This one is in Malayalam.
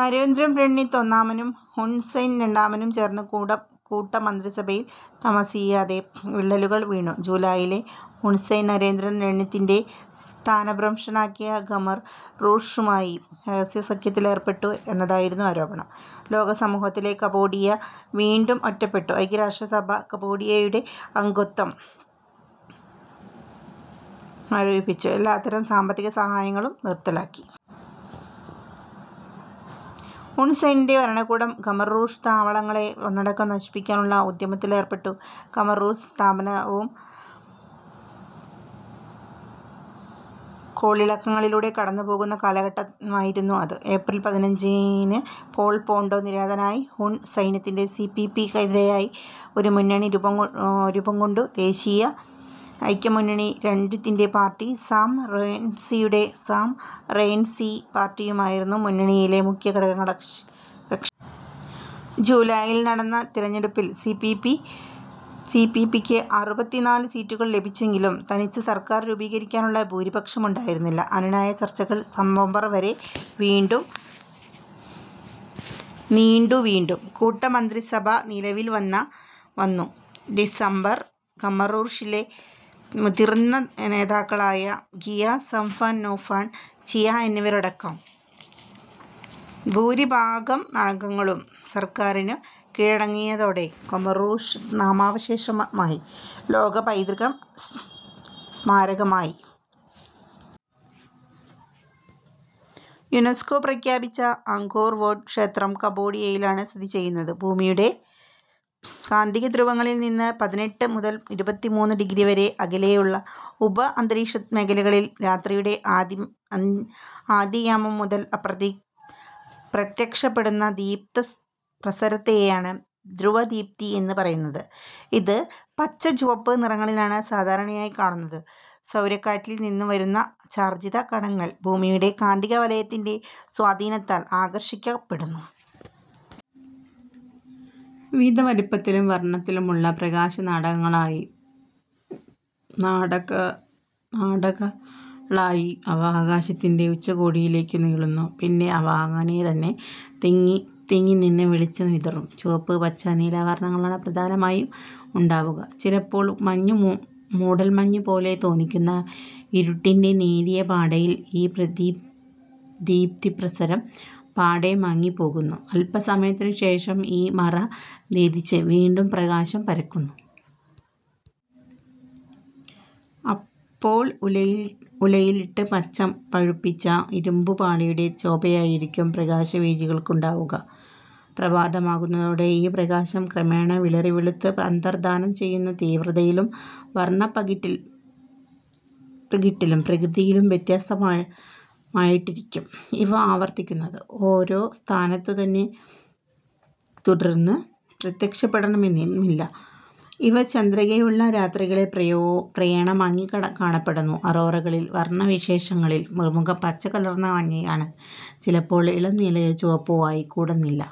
നരോദം രണരിദ്ധ് ഒന്നാമനും ഹുൺ സെൻ രണ്ടാമനും ചേർന്ന കൂട്ടുമന്ത്രിസഭയിൽ താമസിയാതെ വിള്ളലുകൾ വീണു. ജൂലൈയിൽ ഹുൺ സെൻ നരോദം രണരിദ്ധിനെ സ്ഥാനഭ്രഷ്ടനാക്കി. ഖമർ റൂഷുമായി രഹസ്യസഖ്യത്തിലേർപ്പെട്ടു എന്നതായിരുന്നു ആരോപണം. ലോകസമൂഹത്തിൽ കംബോഡിയ വീണ്ടും ഒറ്റപ്പെട്ടു. ഐക്യരാഷ്ട്രസഭ കംബോഡിയയുടെ അംഗത്വം മരവിപ്പിച്ചു. എല്ലാത്തരം സാമ്പത്തിക സഹായങ്ങളും നിർത്തലാക്കി. ഹുൺ സെന്നിൻ്റെ ഭരണകൂടം ഖമർ റൂഷ് താവളങ്ങളെ ഒന്നടങ്കം നശിപ്പിക്കാനുള്ള ഉദ്യമത്തിലേർപ്പെട്ടു. ഖമർ റൂഷ് പ്രസ്ഥാനവും കോളിളക്കങ്ങളിലൂടെ കടന്നുപോകുന്ന കാലഘട്ടമായിരുന്നു അത്. ഏപ്രിൽ പതിനഞ്ചിന് പോൾ പോട്ട് നിര്യാതനായി. ഹുൺ സെന്നിൻ്റെ സി പി പി ക്കെതിരായി ഒരു മുന്നണി രൂപം കൊണ്ടു. ദേശീയ ഐക്യമുന്നണിയും രണരിദ്ധിൻ്റെ പാർട്ടിയും സാം റെയ്ൻസിയുടെ സാം റെയിൻസി പാർട്ടിയുമായിരുന്നു മുന്നണിയിലെ മുഖ്യ ഘടകകക്ഷികൾ. ജൂലൈയിൽ നടന്ന തെരഞ്ഞെടുപ്പിൽ സി പി പി ക്ക് അറുപത്തിനാല് സീറ്റുകൾ ലഭിച്ചെങ്കിലും തനിച്ച് സർക്കാർ രൂപീകരിക്കാനുള്ള ഭൂരിപക്ഷമുണ്ടായിരുന്നില്ല. അനുനയ ചർച്ചകൾ നവംബർ വരെ നീണ്ടു. വീണ്ടും കൂട്ടുമന്ത്രിസഭ നിലവിൽ വന്നു. ഡിസംബറിൽ ഖമർ റൂഷിലെ മുതിർന്ന നേതാക്കളായ ഖിയു സംഫൻ, നുവോൺ ചീയ എന്നിവരടക്കം ഭൂരിഭാഗം അംഗങ്ങളും സർക്കാറിനു കീഴടങ്ങിയതോടെ ഖമർ റൂഷ് നാമാവശേഷമായി. ലോകപൈതൃകസ്മാരകമായി യുനെസ്കോ പ്രഖ്യാപിച്ച അങ്കോർ വാട്ട് ക്ഷേത്രം കംബോഡിയയിലാണ് സ്ഥിതി ചെയ്യുന്നത്. ഭൂമിയുടെ കാന്തികധ്രുവങ്ങളിൽ നിന്ന് പതിനെട്ട് മുതൽ ഇരുപത്തിമൂന്ന് ഡിഗ്രി വരെ അകലെയുള്ള ഉപര്യന്തരീക്ഷമേഖലകളിൽ രാത്രിയുടെ ആദ്യയാമം മുതൽ പ്രത്യക്ഷപ്പെടുന്ന ദീപ്തിപ്രസരത്തെയാണ് ധ്രുവദീപ്തി എന്ന് പറയുന്നത്. ഇത് പച്ച, ചുവപ്പ് നിറങ്ങളിലാണ് സാധാരണയായി കാണുന്നത്. സൗരക്കാറ്റിൽ നിന്ന് വരുന്ന ചാർജിത കണങ്ങൾ ഭൂമിയുടെ കാന്തികവലയത്തിൻ്റെ സ്വാധീനത്താൽ ആകർഷിക്കപ്പെടുന്നു. വിവിധ വലുപ്പത്തിലും വർണത്തിലുമുള്ള പ്രകാശനാടകളായി അവ ആകാശത്തിൻ്റെ ഉച്ചകോടിയിലേക്കു നീളുന്നു. പിന്നെ അവ അങ്ങനെതന്നെ തങ്ങിനിന്ന് വെളിച്ചം വിതറും. ചുവപ്പ്, പച്ച, നീല വർണങ്ങളാണ് പ്രധാനമായും ഉണ്ടാവുക. ചിലപ്പോൾ മൂടൽമഞ്ഞുപോലെ തോന്നിക്കുന്ന ഇരുട്ടിൻ്റെ നേരിയ പാടയിൽ ഈ ദീപ്തിപ്രസരം പാടെ മങ്ങിപ്പോകുന്നു. അല്പസമയത്തിനുശേഷം ഈ മറ ഭേദിച്ച് വീണ്ടും പ്രകാശം പരക്കുന്നു. അപ്പോൾ ഉലയിൽ ഉലയിലിട്ട് പഴുപ്പിച്ച ഇരുമ്പുപാളിയുടെ ശോഭയായിരിക്കും പ്രകാശവീചികൾക്കുണ്ടാവുക. പ്രഭാതമാകുന്നതോടെ ഈ പ്രകാശം ക്രമേണ വിളറിവെളുത്ത് അന്തർധാനം ചെയ്യുന്നു. തീവ്രതയിലും വർണപ്പകിട്ടിലും പ്രകൃതിയിലും വ്യത്യസ്തമായിട്ടായിരിക്കും ഇവ ആവർത്തിക്കുന്നത്. ഒരേ സ്ഥാനത്തുതന്നെ തുടർന്നു പ്രത്യക്ഷപ്പെടണമെന്നുമില്ല. ഇവ ചന്ദ്രികയുള്ള രാത്രികളിൽ പ്രായേണ മങ്ങിക്കാണപ്പെടും. അറോറകളിലെ വർണവിശേഷങ്ങളിൽ പ്രമുഖം പച്ചകലർന്ന മഞ്ഞയാണ്. ചിലപ്പോൾ ഇളം നീലയോ ചുവപ്പോ ആയിക്കൂടെന്നില്ല.